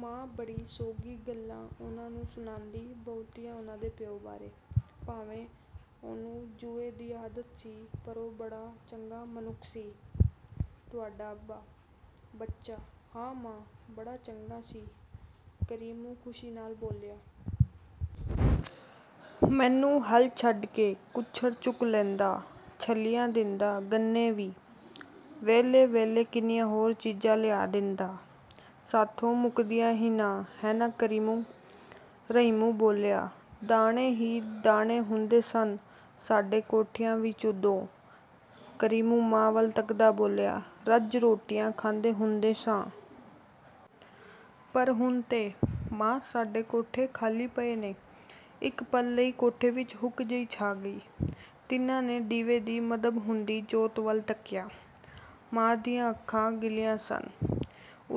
ਮਾਂ ਬੜੀਆਂ ਸੋਗੀ ਗੱਲਾਂ ਉਨ੍ਹਾਂ ਨੂੰ ਸੁਣਾਂਦੀ, ਬਹੁਤੀਆਂ ਉਨ੍ਹਾਂ ਦੇ ਪਿਉ ਬਾਰੇ। "ਭਾਵੇਂ ਉਹਨੂੰ ਜੂਏ ਦੀ ਆਦਤ ਸੀ, ਪਰ ਉਹ ਬੜਾ ਚੰਗਾ ਮਨੁੱਖ ਸੀ, ਤੁਹਾਡਾ ਅੱਬਾ, ਬੱਚਾ। "ਹਾਂ ਮਾਂ, ਬੜਾ ਚੰਗਾ ਸੀ", ਕਰੀਮੂ ਖ਼ੁਸ਼ੀ ਨਾਲ ਬੋਲਿਆ। "ਮੈਨੂੰ ਹਲ ਛੱਡ ਕੇ ਕੁੱਛੜ ਚੁੱਕ ਲੈਂਦਾ, ਛੱਲੀਆਂ ਦਿੰਦਾ, ਗੰਨੇ ਵੀ। ਵੇਲੇ-ਵੇਲੇ ਕਿੰਨੀਆਂ ਹੋਰ ਚੀਜ਼ਾਂ ਲਿਆ ਦਿੰਦਾ। ਸਾਥੋਂ ਮੁਕਦੀਆਂ ਹੀ ਨਾ ਹੈ ਨਾ ਕਰੀਮੂ?" ਰਹੀਮੂ ਬੋਲਿਆ। "ਦਾਣੇ ਹੀ ਦਾਣੇ ਹੁੰਦੇ ਸਨ ਸਾਡੇ ਕੋਠਿਆਂ ਵਿੱਚ ਉਦੋਂ", ਕਰੀਮੂ ਮਾਂ ਵੱਲ ਤਕਦਾ ਬੋਲਿਆ, "ਰੱਜ ਰੋਟੀਆਂ ਖਾਂਦੇ ਹੁੰਦੇ ਸਾਂ। ਪਰ ਹੁਣ ਤੇ, ਮਾਂ ਸਾਡੇ ਕੋਠੇ ਖ਼ਾਲੀ ਪਏ ਨੇ। ਇੱਕ ਪਲ ਲਈ ਕੋਠੇ ਵਿੱਚ ਹੂਕ ਜਿਹੀ ਛਾ ਗਈ। ਤਿੰਨਾਂ ਨੇ ਦੀਵੇ ਦੀ ਮੱਧਮ ਹੁੰਦੀ ਜੋਤ ਵੱਲ ਤੱਕਿਆ। ਮਾਂ ਦੀਆਂ ਅੱਖਾਂ ਗਿੱਲੀਆਂ ਸਨ।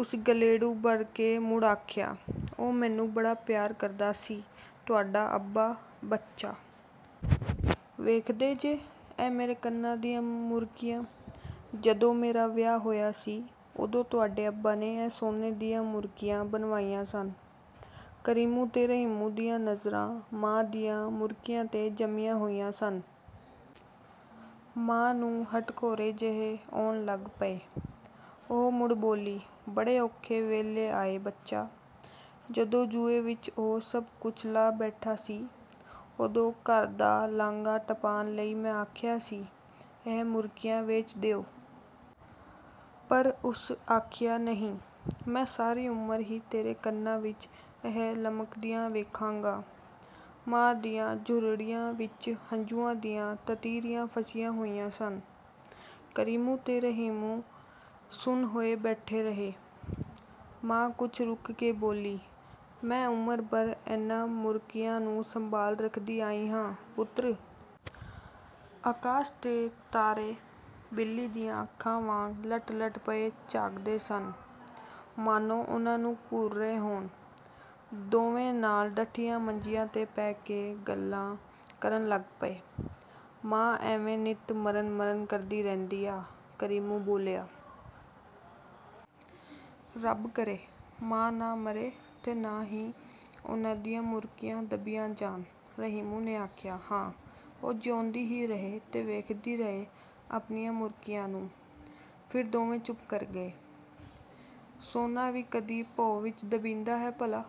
ਉਸ ਗਲੇਡੂ ਭਰ ਕੇ ਮੁੜ ਆਖਿਆ, "ਉਹ ਮੈਨੂੰ ਬੜਾ ਪਿਆਰ ਕਰਦਾ ਸੀ ਤੁਹਾਡਾ ਅੱਬਾ, ਬੱਚਾ। ਵੇਖਦੇ ਜੇ ਇਹ ਮੇਰੇ ਕੰਨਾਂ ਦੀਆਂ ਮੁਰਕੀਆਂ? ਜਦੋਂ ਮੇਰਾ ਵਿਆਹ ਹੋਇਆ ਸੀ, ਉਦੋਂ ਤੁਹਾਡੇ ਅੱਬਾ ਨੇ ਇਹ ਸੋਨੇ ਦੀਆਂ ਮੁਰਕੀਆਂ ਬਣਵਾਈਆਂ ਸਨ। ਕਰੀਮੂ ਤੇ ਰਹੀਮੂ ਦੀਆਂ ਨਜ਼ਰਾਂ ਮਾਂ ਦੀਆਂ ਮੁਰਕੀਆਂ ਤੇ ਜੰਮੀਆਂ ਹੋਈਆਂ ਸਨ। ਮਾਂ ਨੂੰ ਹਟਕੋਰੇ ਜਿਹੇ ਆਉਣ ਲੱਗ ਪਏ। ਉਹ ਮੁੜ ਬੋਲੀ, "ਬੜੇ ਔਖੇ ਵੇਲੇ ਆਏ, ਬੱਚਾ। ਜਦੋਂ ਜੂਏ ਵਿਚ ਉਹ ਸਭ ਕੁਝ ਲਾ ਬੈਠਾ ਸੀ, ਓਦੋਂ ਘਰ ਦਾ ਲਾਂਘਾ ਟਪਾਣ ਲਈ ਮੈਂ ਆਖਿਆ ਸੀ, ਇਹ ਮੁਰਕੀਆਂ ਵੇਚ ਦਿਉ। ਪਰ ਉਸ ਆਖਿਆ ਨਹੀਂ, ਮੈਂ ਸਾਰੀ ਉਮਰ ਹੀ ਤੇਰੇ ਕੰਨਾਂ ਵਿੱਚ ਇਹ ਲਮਕਦੀਆਂ ਵੇਖਾਂਗਾ।" ਮਾਂ ਦੀਆਂ ਝੁਰੜੀਆਂ ਵਿੱਚ ਹੰਝੂਆਂ ਦੀਆਂ ਤਤੀਰੀਆਂ ਫਸੀਆਂ ਹੋਈਆਂ ਸਨ। ਕਰੀਮੂ ਤੇ ਰਹੀਮੂ ਸੁੰਨ ਹੋਏ ਬੈਠੇ ਰਹੇ। ਮਾਂ ਕੁਝ ਰੁਕ ਕੇ ਬੋਲੀ, "ਮੈਂ ਉਮਰ ਭਰ ਇਹਨਾਂ ਮੁਰਕੀਆਂ ਨੂੰ ਸੰਭਾਲ ਰਖਦੀ ਆਈ ਹਾਂ, ਪੁੱਤਰ। ਆਕਾਸ਼ ਤੇ ਤਾਰੇ ਬਿੱਲੀ ਦੀਆਂ ਅੱਖਾਂ ਵਾਂਗ ਲਟ-ਲਟ ਪਏ ਝਾਕਦੇ ਸਨ, ਮਾਨੋਂ ਉਨ੍ਹਾਂ ਨੂੰ ਘੂਰ ਰਹੇ ਹੋਣ। ਦੋਵੇਂ ਨਾਲ ਡੱਠੀਆਂ ਮੰਜੀਆਂ ਤੇ ਪੈ ਕੇ ਗੱਲਾਂ ਕਰਨ ਲੱਗ ਪਏ। "ਮਾਂ ਐਵੇਂ ਨਿੱਤ ਮਰਨ-ਮਰਨ ਕਰਦੀ ਰਹਿੰਦੀ ਆ", ਕਰੀਮੂ ਬੋਲਿਆ। "ਰੱਬ ਕਰੇ, ਮਾਂ ਨਾ ਮਰੇ ਤੇ ਨਾ ਹੀ ਉਹਦੀਆਂ ਮੁਰਕੀਆਂ ਦੱਬੀਆਂ ਜਾਣ", ਰਹੀਮੂ ਨੇ ਆਖਿਆ। "ਹਾਂ ਉਹ ਜਿਉਂਦੀ ਹੀ ਰਹੇ ਤੇ ਵੇਖਦੀ ਰਹੇ ਆਪਣੀਆਂ ਮੁਰਕੀਆਂ ਨੂੰ। " ਫਿਰ ਦੋਵੇਂ ਚੁੱਪ ਕਰ ਗਏ। "ਸੋਨਾ ਵੀ ਕਦੀ ਭੋਂ ਵਿਚ ਦੱਬੀਂਦਾ ਏ ਭਲਾ?"